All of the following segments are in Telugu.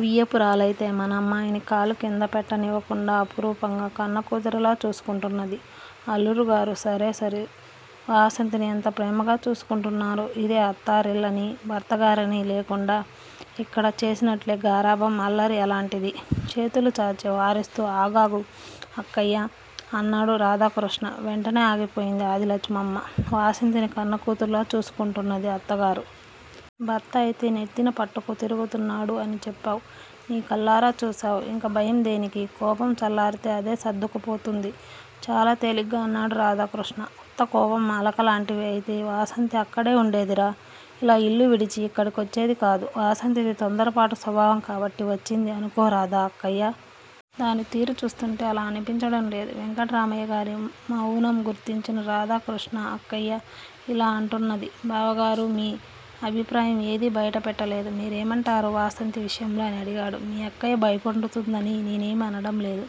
వియ్యపురాలయితే మనమ్మాయిని కాలుకింద పెట్టనియ్యకుండా అపురూపంగ కన్నకూతురులా చూసుకుంటున్నది. అల్లుడుగారు సరేసరి వాసంతిని ఎంతప్రేమగా చూసుకుంటారో. ఇదే అత్తారిల్లని భర్తగారని లేకుండ ఇక్కడ చేసినట్లే గారాబం అల్లరి అలాంటిది. చేతులు చాచి వారిస్తూ ఆగాగు అక్కయ్యా! అన్నాడు రాధాకృష్ణ. వెంటనే ఆగిపోయింది ఆదిలక్షమ్మమ్మ. వాసంతిని కన్నకూతురులా చూసుకుంటున్నది అత్తగారు. భర్త అయితే నెత్తిన పట్టుకు తిరుగుతున్నాడు అని చెప్పావు నీ కళ్ళారా చూశావు. ఇంక భయం దేనికి? కోపం చల్లారితే అదే సర్దుకుపోతుంది. చాలా తేలిగ్గా అన్నాడు రాధాకృష్ణ. ఉత్తకోపం అలకలాంటివి అయితే వాసంతి అక్కడే వుండేదిరా. ఇలా యిల్లువిడిచి యిక్కడికొచ్చేది కాదు. వాసంతిది తొందరపాటు స్వభావం కాబట్టి వచ్చింది అనుకోరాదా అక్కయ్యా! దానితీరు చూస్తుంటే అలా అనిపించడంలేదు, వెంకట్రామయ్యగారి మౌవునం గుర్తించిన రాధాకృష్ణ అక్కయ్య యిలా అంటున్నది బావగారూ! మీ అభిప్రాయం ఏది బైట పెట్టలేదు. మీరేమంటారు వాసంతి విషయంలో? అని అడిగాడు. మీ అక్కయ్య భయపడుతుందని నేనేమీ అనడం లేదు.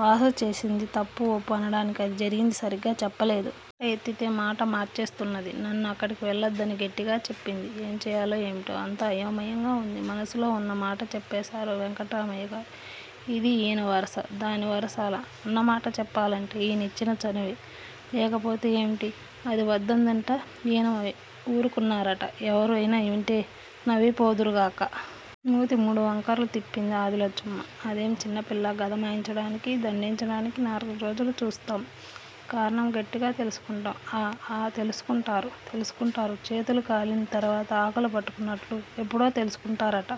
వాసు చేసింది తప్పు వొప్పు అనటానికి అది జరిగింది సరిగ్గా చెప్పలేదు. మాట ఎత్తితే మాట మార్చేస్తున్నది. నన్ను అక్కడి వెళ్ళొద్దని గట్టిగా చెప్పింది. ఏంచేయాలో ఏమిటో అంతా అయోమయంగా వుంది. మనసులో వున్న మాట చెప్పేశారు వెంకట్రామయ్యగారు. ఇదీ యీన వరస, దానివరస అలా, ఉన్నమాట చెప్పాలంటే ఈయనిచ్చిన చనువే, లేకపోతే ఏమిటి? అది వద్దందంఅంట. ఈయన వూరుకున్నారుట ఎవరైనా వింటే నవ్విపోదురుగాక. మూతి మూడువంకరలు తిప్పింది ఆదిలక్ష్మమ్మ. అదేం చిన్నపిల్లా గదమాయించడానికి, దండించడానికి నాలుగురోజులు చూస్తాం కారణం గట్టిగా తెల్సుకుంటాం. ఆ ఆ తెలుసుకుంటారు, తెలుసుకుంటారు. చేతులు కాలిన తరువాత ఆకులు పట్టుకున్నట్లు ఎప్పుడో తెలుసుకుంటారుట,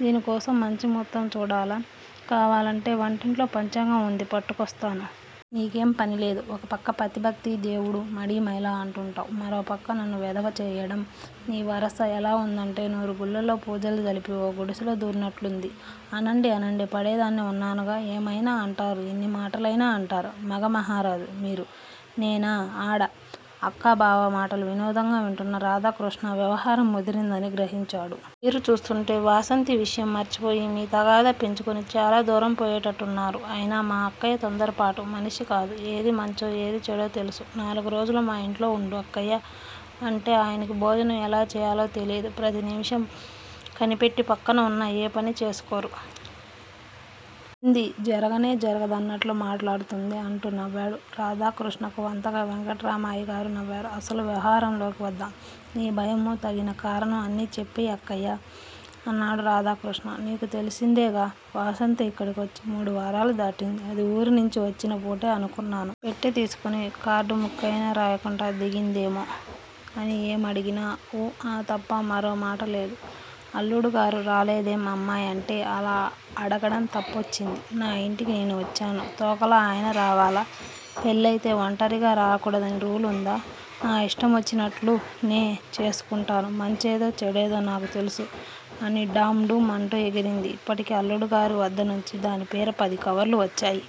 దీనికోసం మంచి ముహూర్తం చూడాల! కావాలంటే వంటింట్లో పంచాంగం వుంది పట్టుకొస్తాను. నీకేం పనిలేదు. ఓ కపక్క పతిభక్తి దేముడు మడిమైల అంటుంటావు. మరోపక్క నన్ను వెదవచేయడం. నీ వరస ఎలా వుందంటే నూరుగుళ్ళల్లో పూజలుజరిపి ఓ గుడిశలో దూరినట్లుంది. అనండనండి పడేదాన్ని వున్నానుగా ఏమయినా అంటారు. ఎన్నిమాటలయినా అంటారు. మగమహారాజు, మీరు, నేనా ఆడ అక్కా బావ మాటలు వినోదంగా వింటున్న రాధాకృష్ణ వ్యవహారం ముదురుతుందని గ్రహించాడు. మీ తీరు చూస్తుంటే వాసంతి విషయం మర్చిపోయి, మీ తగాదా పెంచుకుని చాలాదూరం పోయేటట్టున్నారు. అయినా మా అక్కయ్య తొందరపాటు మనిషికాదు. ఏది మంచో ఏది చెడో తెలుసు. నాలుగురోజులు మా యింట్లో వుండు అక్కయ్యా! అంటే ఆయనకి భోజనం ఎలా చేయాలో తెలియదు. ప్రతి నిమిషం కనిపెట్టి పక్కనవున్నా ఏపని చేసుకోరు. ఉంది జరగనే జరగదన్నట్లు మాట్లాడుతుంది అంటూ నవ్వాడు. రాధాకృష్ణకు వంతగా వెంకట్రామయ్యగారు నవ్వారు. అసలు వ్యవహారంలోకి వద్దాము. నీ భయము తగిన కారణము అన్ని చెప్పెయ్యి అక్కయ్యా! అన్నాడు రాధాకృష్ణ. నీకు తెలిసిందేగా వాసంతి యిక్కడికి వచ్చి మూడువారాలు దాటింది. అది ఊరినించి వచ్చిన పూటే అనుకున్నాను. పెట్టె తీసుకుని కార్డుముక్కయినా రాయకుండ దిగిందేమో అని ఏమడిగినా ఊ ఆ తప్ప మరోమాటలేదు. అల్లుడుగారు రాలేదేం అమ్మాయ్ అంటే అలా అడగడం తప్పొచ్చింది. నాయింటికి నేనువచ్చాను. తోకలా ఆయన రావాలా? పెళ్ళయితే వంటరిగా రాకూడదని రూల్ వుందా? నా యిష్టమొచ్చినట్లు నే చేసుకుంటాను. మంచేదో చెడేదో నాకు తెల్సు, అని ఢాం డూం అంటూ ఎగిరింది, ఇప్పటికి అల్లుడుగారు వద్దనుంచి దానిపేర పదికవర్లు వచ్చాయి.